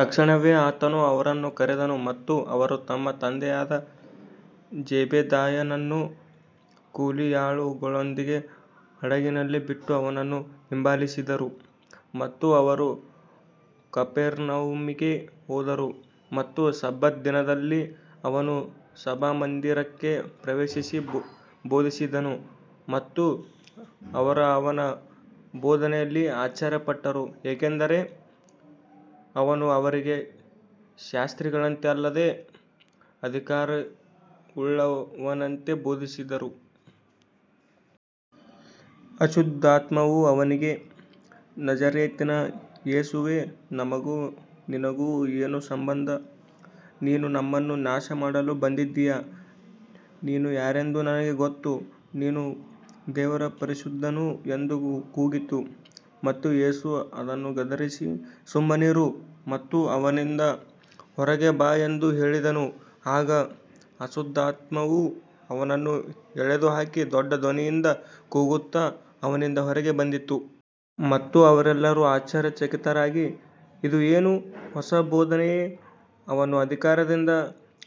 ತಕ್ಷಣವೇ ಆತನು ಅವರನ್ನು ಕರೆದನು ಮತ್ತು ಅವರು ತಮ್ಮ ತಂದೆಯಾದ ಜೆಬೆದಾಯನನ್ನು ಕೂಲಿಯಾಳುಗಳೊಂದಿಗೆ ಹಡಗಿನಲ್ಲಿ ಬಿಟ್ಟು ಅವನನ್ನು ಹಿಂಬಾಲಿಸಿದರು. ಮತ್ತು ಅವರು ಕಪೆರ್ನೌಮಿಗೆ ಹೋದರು ಮತ್ತು ಸಬ್ಬತ್ ದಿನದಲ್ಲಿ ಅವನು ಸಭಾಮಂದಿರಕ್ಕೆ ಪ್ರವೇಶಿಸಿ ಬೋಧಿಸಿದನು. ಮತ್ತು ಅವರು ಅವನ ಬೋಧನೆಯಲ್ಲಿ ಆಶ್ಚರ್ಯಪಟ್ಟರು, ಏಕೆಂದರೆ ಅವನು ಅವರಿಗೆ ಶಾಸ್ತ್ರಿಗಳಂತೆ ಅಲ್ಲದೆ ಅಧಿಕಾರವುಳ್ಳವನಂತೆ ಬೋಧಿಸಿದನು. ಅಶುದ್ಧಾತ್ಮವು ಅವನಿಗೆ, ನಜರೇತಿನ ಯೇಸುವೇ, ನಮಗೂ ನಿನಗೂ ಏನು ಸಂಬಂಧ, ನೀನು ನಮ್ಮನ್ನು ನಾಶಮಾಡಲು ಬಂದಿದ್ದೀಯಾ, ನೀನು ಯಾರೆಂದು ನನಗೆ ಗೊತ್ತು, ನೀನು ದೇವರ ಪರಿಶುದ್ಧನು ಎಂದು ಕೂಗಿತು. ಮತ್ತು ಯೇಸು ಅದನ್ನು ಗದರಿಸಿ, ಸುಮ್ಮನಿರು ಮತ್ತು ಅವನಿಂದ ಹೊರಗೆ ಬಾ ಎಂದು ಹೇಳಿದನು. ಆಗ ಅಶುದ್ಧಾತ್ಮವು ಅವನನ್ನು ಎಳೆದು ಹಾಕಿ ದೊಡ್ಡ ಧ್ವನಿಯಿಂದ ಕೂಗುತ್ತಾ ಅವನಿಂದ ಹೊರಗೆ ಬಂದಿತು. ಮತ್ತು ಅವರೆಲ್ಲರೂ ಆಶ್ಚರ್ಯಚಕಿತರಾಗಿ, ಇದು ಏನು, ಹೊಸ ಬೋಧನೆಯೇ, ಅವನು ಅಧಿಕಾರದಿಂದ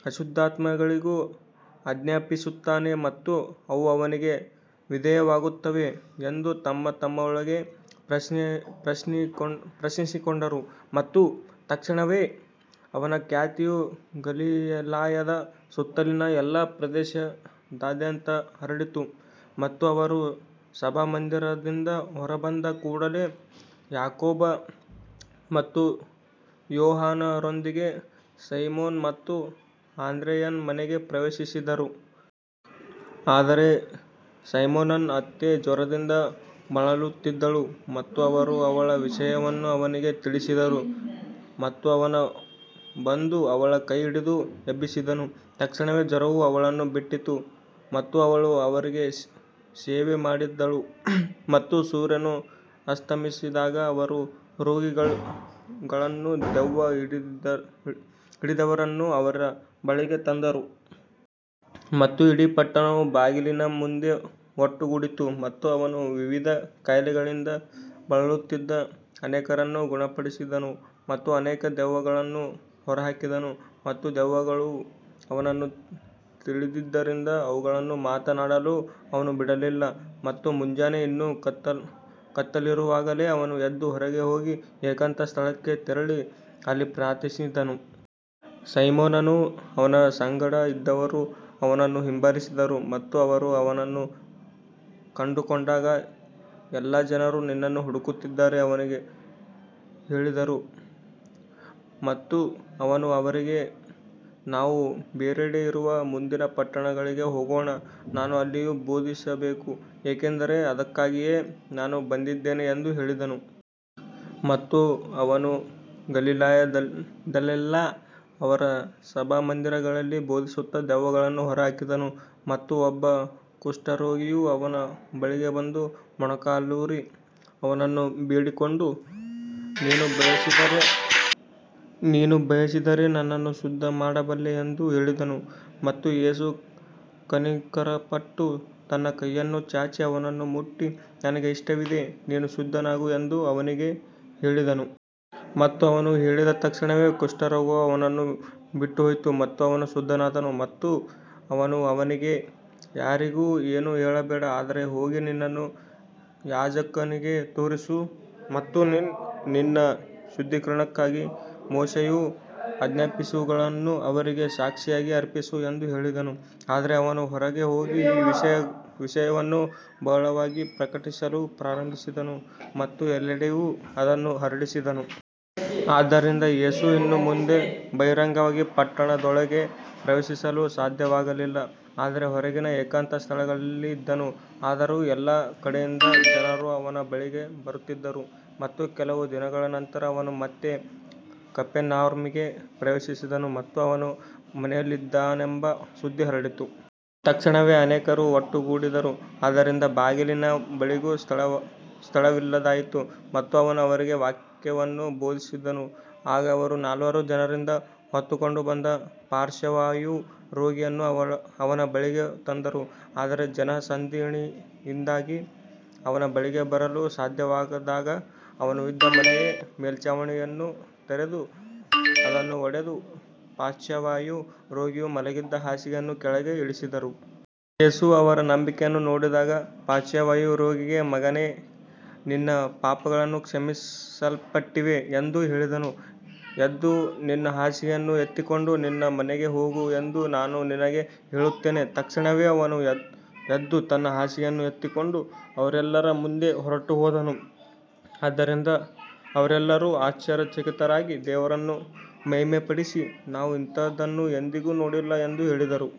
ಅಶುದ್ಧಾತ್ಮಗಳಿಗೂ ಆಜ್ಞಾಪಿಸುತ್ತಾನೆ ಮತ್ತು ಅವು ಅವನಿಗೆ ವಿಧೇಯವಾಗುತ್ತವೆ ಎಂದು ತಮ್ಮತಮ್ಮೊಳಗೆ ಪ್ರಶ್ನಿಸಿಕೊಂಡರು. ಮತ್ತು ತಕ್ಷಣವೇ ಅವನ ಖ್ಯಾತಿಯು ಗಲಿಲಾಯದ ಸುತ್ತಲಿನ ಎಲ್ಲಾ ಪ್ರದೇಶದಾದ್ಯಂತ ಹರಡಿತು. ಮತ್ತು ಅವರು ಸಭಾಮಂದಿರದಿಂದ ಹೊರಬಂದ ಕೂಡಲೇ ಯಾಕೋಬ ಮತ್ತು ಯೋಹಾನರೊಂದಿಗೆ ಸೈಮೋನ ಮತ್ತು ಆಂದ್ರೆಯನ ಮನೆಗೆ ಪ್ರವೇಶಿಸಿದರು. ಆದರೆ ಸೈಮೋನನ ಅತ್ತೆ ಜ್ವರದಿಂದ ಬಳಲುತ್ತಿದ್ದಳು ಮತ್ತು ಅವರು ಅವಳ ವಿಷಯವನ್ನು ಅವನಿಗೆ ತಿಳಿಸಿದರು. ಮತ್ತು ಅವನು ಬಂದು ಅವಳ ಕೈಹಿಡಿದು ಎಬ್ಬಿಸಿದನು, ತಕ್ಷಣವೇ ಜ್ವರವು ಅವಳನ್ನು ಬಿಟ್ಟಿತು ಮತ್ತು ಅವಳು ಅವರಿಗೆ ಸೇವೆ ಮಾಡಿದಳು. ಮತ್ತು ಸೂರ್ಯನು ಅಸ್ತಮಿಸಿದಾಗ ಅವರು ರೋಗಿಗಳನ್ನೂ ದೆವ್ವ ಹಿಡಿದವರನ್ನೂ ಅವನ ಬಳಿಗೆ ತಂದರು. ಮತ್ತು ಇಡೀ ಪಟ್ಟಣವು ಬಾಗಿಲಿನ ಮುಂದೆ ಒಟ್ಟುಗೂಡಿತು. ಮತ್ತು ಅವನು ವಿವಿಧ ಕಾಯಿಲೆಗಳಿಂದ ಬಳಲುತ್ತಿದ್ದ ಅನೇಕರನ್ನು ಗುಣಪಡಿಸಿದನು ಮತ್ತು ಅನೇಕ ದೆವ್ವಗಳನ್ನು ಹೊರಹಾಕಿದನು. ಮತ್ತು ದೆವ್ವಗಳು ಅವನನ್ನು ತಿಳಿದಿದ್ದರಿಂದ ಅವುಗಳನ್ನು ಮಾತನಾಡಲು ಅವನು ಬಿಡಲಿಲ್ಲ. ಮತ್ತು ಮುಂಜಾನೆ ಇನ್ನೂ ಕತ್ತಲಿರುವಾಗಲೇ ಅವನು ಎದ್ದು ಹೊರಗೆ ಹೋಗಿ ಏಕಾಂತ ಸ್ಥಳಕ್ಕೆ ತೆರಳಿ ಅಲ್ಲಿ ಪ್ರಾರ್ಥಿಸಿದನು. ಸೈಮೋನನೂ ಅವನ ಸಂಗಡ ಇದ್ದವರೂ ಅವನನ್ನು ಹಿಂಬಾಲಿಸಿದರು. ಮತ್ತು ಅವರು ಅವನನ್ನು ಕಂಡುಕೊಂಡಾಗ, ಎಲ್ಲಾ ಜನರು ನಿನ್ನನ್ನು ಹುಡುಕುತ್ತಿದ್ದಾರೆ ಎಂದು ಅವನಿಗೆ ಹೇಳಿದರು. ಮತ್ತು ಅವನು ಅವರಿಗೆ, ನಾವು ಬೇರೆಡೆ ಇರುವ ಮುಂದಿನ ಪಟ್ಟಣಗಳಿಗೆ ಹೋಗೋಣ, ನಾನು ಅಲ್ಲಿಯೂ ಬೋಧಿಸಬೇಕು, ಏಕೆಂದರೆ ಅದಕ್ಕಾಗಿಯೇ ನಾನು ಬಂದಿದ್ದೇನೆ ಎಂದು ಹೇಳಿದನು. ಮತ್ತು ಅವನು ಗಲಿಲಾಯದಲ್ಲೆಲ್ಲಾ ಅವರ ಸಭಾಮಂದಿರಗಳಲ್ಲಿ ಬೋಧಿಸುತ್ತಾ ದೆವ್ವಗಳನ್ನು ಹೊರಹಾಕಿದನು. ಮತ್ತು ಒಬ್ಬ ಕುಷ್ಠರೋಗಿಯು ಅವನ ಬಳಿಗೆ ಬಂದು, ಮೊಣಕಾಲೂರಿ ಅವನನ್ನು ಬೇಡಿಕೊಂಡು, ನೀನು ಬಯಸಿದರೆ ನನ್ನನ್ನು ಶುದ್ಧಮಾಡಬಲ್ಲೆ ಎಂದು ಹೇಳಿದನು. ಮತ್ತು ಯೇಸು ಕನಿಕರಪಟ್ಟು ತನ್ನ ಕೈಯನ್ನು ಚಾಚಿ ಅವನನ್ನು ಮುಟ್ಟಿ, ನನಗೆ ಇಷ್ಟವಿದೆ, ನೀನು ಶುದ್ಧನಾಗು ಎಂದು ಅವನಿಗೆ ಹೇಳಿದನು. ಮತ್ತು ಅವನು ಹೇಳಿದ ತಕ್ಷಣವೇ ಕುಷ್ಠರೋಗವು ಅವನನ್ನು ಬಿಟ್ಟುಹೋಯಿತು ಮತ್ತು ಅವನು ಶುದ್ಧನಾದನು. ಮತ್ತು ಅವನು ಅವನಿಗೆ, ಯಾರಿಗೂ ಏನೂ ಹೇಳಬೇಡ, ಆದರೆ ಹೋಗಿ ನಿನ್ನನ್ನು ಯಾಜಕನಿಗೆ ತೋರಿಸು ಮತ್ತು ನಿನ್ನ ಶುದ್ಧೀಕರಣಕ್ಕಾಗಿ ಮೋಶೆಯು ಆಜ್ಞಾಪಿಸಿದವುಗಳನ್ನು ಅವರಿಗೆ ಸಾಕ್ಷಿಯಾಗಿ ಅರ್ಪಿಸು ಎಂದು ಹೇಳಿದನು. ಆದರೆ ಅವನು ಹೊರಗೆ ಹೋಗಿ ಈ ವಿಷಯವನ್ನು ಬಹಳವಾಗಿ ಪ್ರಕಟಿಸಲು ಪ್ರಾರಂಭಿಸಿದನು ಮತ್ತು ಎಲ್ಲೆಡೆಯೂ ಅದನ್ನು ಹರಡಿಸಿದನು. ಆದ್ದರಿಂದ ಯೇಸು ಇನ್ನು ಮುಂದೆ ಬಹಿರಂಗವಾಗಿ ಪಟ್ಟಣದೊಳಗೆ ಪ್ರವೇಶಿಸಲು ಸಾಧ್ಯವಾಗಲಿಲ್ಲ, ಆದರೆ ಹೊರಗಿನ ಏಕಾಂತ ಸ್ಥಳಗಳಲ್ಲಿ ಇದ್ದನು. ಆದರೂ ಎಲ್ಲಾ ಕಡೆಯಿಂದ ಜನರು ಅವನ ಬಳಿಗೆ ಬರುತ್ತಿದ್ದರು. ಮತ್ತು ಕೆಲವು ದಿನಗಳ ನಂತರ ಅವನು ಮತ್ತೆ ಕಪೆರ್ನೌಮಿಗೆ ಪ್ರವೇಶಿಸಿದನು ಮತ್ತು ಅವನು ಮನೆಯಲ್ಲಿದ್ದಾನೆಂಬ ಸುದ್ದಿ ಹರಡಿತು. ತಕ್ಷಣವೇ ಅನೇಕರು ಒಟ್ಟುಗೂಡಿದರು, ಆದ್ದರಿಂದ ಬಾಗಿಲಿನ ಬಳಿಯೂ ಸ್ಥಳವಿಲ್ಲದಾಯಿತು, ಮತ್ತು ಅವನು ಅವರಿಗೆ ವಾಕ್ಯವನ್ನು ಬೋಧಿಸಿದನು. ಆಗ ಅವರು ನಾಲ್ವರು ಜನರಿಂದ ಹೊತ್ತುಕೊಂಡು ಬಂದ ಪಾರ್ಶ್ವವಾಯು ರೋಗಿಯನ್ನು ಅವನ ಬಳಿಗೆ ತಂದರು. ಆದರೆ ಜನಸಂದಣಿಯಿಂದಾಗಿ ಅವನ ಬಳಿಗೆ ಬರಲು ಸಾಧ್ಯವಾಗದಾಗ, ಅವನು ಇದ್ದ ಮನೆಯ ಮೇಲ್ಛಾವಣಿಯನ್ನು ತೆರೆದು, ಅದನ್ನು ಒಡೆದು, ಪಾರ್ಶ್ವವಾಯು ರೋಗಿಯು ಮಲಗಿದ್ದ ಹಾಸಿಗೆಯನ್ನು ಕೆಳಗೆ ಇಳಿಸಿದರು. ಯೇಸು ಅವರ ನಂಬಿಕೆಯನ್ನು ನೋಡಿದಾಗ ಪಾರ್ಶ್ವವಾಯು ರೋಗಿಗೆ, ಮಗನೇ, ನಿನ್ನ ಪಾಪಗಳು ಕ್ಷಮಿಸಲ್ಪಟ್ಟಿವೆ ಎಂದು ಹೇಳಿದನು. ಎದ್ದು ನಿನ್ನ ಹಾಸಿಗೆಯನ್ನು ಎತ್ತಿಕೊಂಡು ನಿನ್ನ ಮನೆಗೆ ಹೋಗು ಎಂದು ನಾನು ನಿನಗೆ ಹೇಳುತ್ತೇನೆ. ತಕ್ಷಣವೇ ಅವನು ಎದ್ದು ತನ್ನ ಹಾಸಿಗೆಯನ್ನು ಎತ್ತಿಕೊಂಡು ಅವರೆಲ್ಲರ ಮುಂದೆ ಹೊರಟುಹೋದನು. ಆದ್ದರಿಂದ ಅವರೆಲ್ಲರೂ ಆಶ್ಚರ್ಯಚಕಿತರಾಗಿ ದೇವರನ್ನು ಮಹಿಮೆಪಡಿಸಿ, ನಾವು ಇಂತಹದನ್ನು ಎಂದಿಗೂ ನೋಡಿಲ್ಲ ಎಂದು ಹೇಳಿದರು.